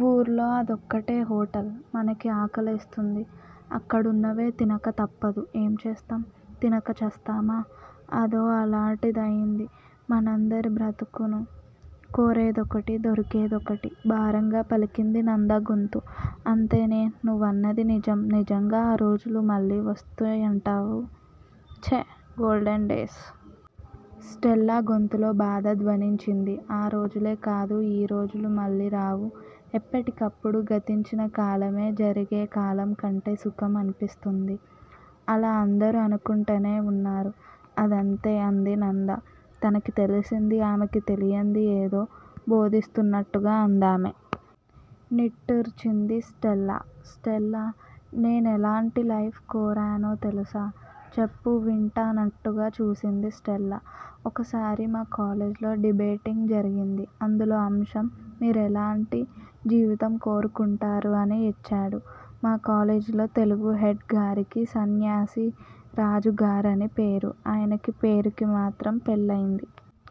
వూర్లో అదొక్కటే హోటల్! మనకి ఆకలేస్తుంది. అక్కడున్నవే తినక తప్పదు. ఏం చేస్తాం? తినక చస్తామా? అదో అలాటిదయింది మనందరి బ్రతుకూను! కోరేదొకటి! దొరికేదొకటి! భారంగా పలికింది నంద గొంతు. అంతేనే! నువ్వన్నది నిజం! నిజంగా ఆ రోజులు మళ్ళీ వస్తాయంటావు? ప్చ్! Golden days! స్టెల్లా గొంతులో బాధ ధ్వనించింది. ఆ రోజులే కాదు! ఈ రోజులూ మళ్ళీ రావు- ఎప్పటికప్పుడు గతించిన కాలమే జరిగే కలం కంటే సుఖం అనిపిస్తుంది. అలా అందరూ అనుకుంటూనే వున్నారు అదంతే అంది నంద. తనకి తెలిసింది, ఆమెకి తెలియందీ ఏదో బోధిస్తున్నట్టుగా అంది ఆమె. నిట్టూర్చింది స్టెల్లా. స్టెల్లా! నేనెలాంటి లైఫ్ కోరానో తెలుసా? చెప్పు వింటానన్నట్టుగా చూసింది స్టెల్లా. ఒకసారి మాకాలేజీలో డిబేటింగ్ జరిగింది. అందులో అంశం మీరెలాంటి జీవితం కోరుకుంటారు అని యిచ్చాడు మా కాలేజీలో తెలుగు హెడ్ గారికి సన్యాసి రాజుగారని పేరు ఆయనకీ పేరుకి మాత్రం పెళ్ళయింది.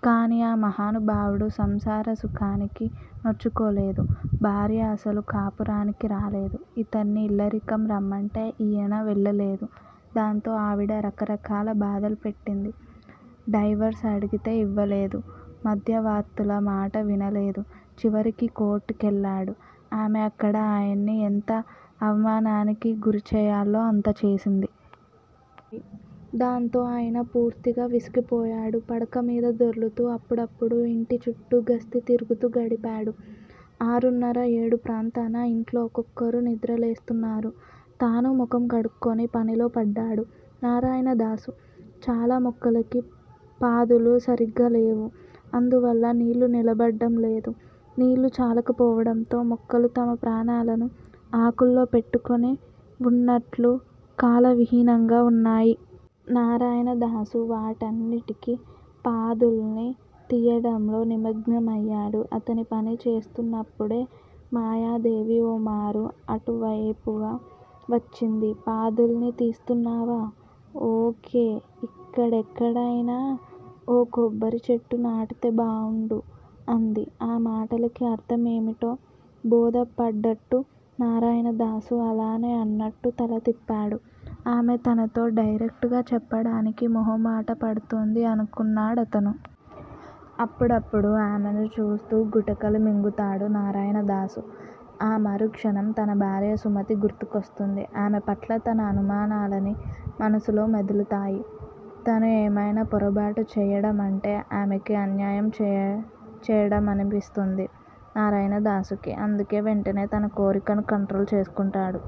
కానీ ఆ మహానుభావుడు సంసార సుఖానికి నోచుకోలేదు. భార్య అసలు కాపురానికి రాలేదు. ఇతన్ని ఇల్లరికం రమ్మంటే ఈయన వెళ్ళలేదు దాంతో ఆవిడ రకరకాల బాధలు పెట్టింది. డైవర్స్ అడిగితే ఇవ్వలేదు. మధ్యవర్తుల మాట వినలేదు. చివరికి కోర్టు కెళ్ళాడు. ఆమె అక్కడ ఆయన్ని ఎంత అవమానానికి గురిచెయ్యాలో అంతా చేసింది. దాంతో ఆయన పూర్తిగా విసిగిపోయాడు. పడకమీద దొర్లుతూ, అప్పుడప్పుడూ ఇంటిచుట్టూ గస్తీ తిరుగుతూ గడిపాడు. ఆరున్నర, ఏడు ప్రాంతాన ఇంట్లో ఒక్కొక్కరు నిద్ర లేస్తున్నారు. తనూ ముఖం కడుక్కుని పనిలో పడ్డాడు నారాయణదాసు. చాలా మొక్కలకి పాదులు సరిగ్గాలేవు. అందువల్ల నీళ్ళు నిలబడటం లేదు. నీళ్ళు చాలకపోవడంతో మొక్కలు తమ ప్రాణాలను ఆకుల్లో పెట్టుకొని వున్నట్లు కళావిహీనంగా వున్నాయి. నారాయణదాసు వాటికన్నిటికీ పాదుల్ని తీయడంలో నిమగ్నమయ్యాడు. అతనీ పని చేస్తున్నప్పుడే మాయాదేవి ఓ మారు అటువేపుగా వచ్చింది. పాదుల్ని తీస్తున్నావా? ఓ. కే. ఇక్కడెక్కడైనా ఓ కొబ్బరిచెట్టు నాటితే బావుండు అంది. ఆ మాటలకి అర్థమేమిటో బోధపడ్డట్టు నారాయణదాసు అలానే అన్నట్టు తల తిప్పాడు. ఆమె తనతో డైరెక్టుగా చెప్పడానికి మొహమాట పడుతోంది అనుకున్నాడతను. అప్పుడప్పుడూ ఆమెను చూస్తూ గుటకలు మింగుతాడు నారాయణదాసు. ఆ మరుక్షణం తన భార్య సుమతి గుర్తుకొస్తుంది. ఆమెపట్ల తన అనుమానాలన్నీ మనసులో మెదులుతాయి. తను ఏమైనా పొరబాటు చేయ చేయడమంటే ఆమెకి అన్యాయం చేయడమేననిపిస్తుంది నారాయణదాసుకి. అందుకే వెంటనే తన కోరికను కంట్రోలు చేసుకుంటాడు.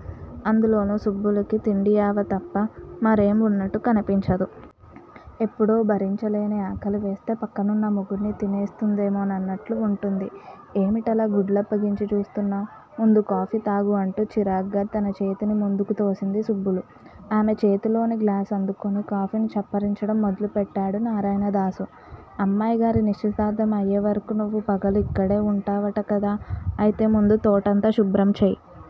అందులోనూ సుబ్బులికి తిండియావ తప్ప మరేం వున్నట్టు కనిపించదు. ఎప్పుడో భరించలేని ఆకలివేస్తే పక్కనున్న మొగుడ్ని తినేస్తుందేమోనన్నట్లు వుంటుంది. ఏమిటలా గుడ్లప్పగించి చూస్తున్నావ్ ముందు కాఫీతాగు అంటూ చిరాగ్గా తన చేతిని ముందుకు తోసింది సుబ్బులు. ఆమె చేతిలోని గ్లాసు అందుకొని కాఫీని చప్పరించడం మొదలుపెట్టాడు నారాయణదాసు. అమ్మాయిగారి నిశ్చితార్థం అయ్యేవరకు నువ్వూ పగలు ఇక్కడే వుంటావట కదా ఆఁ అయితే ముందు తోటంతా శుభ్రంచెయ్.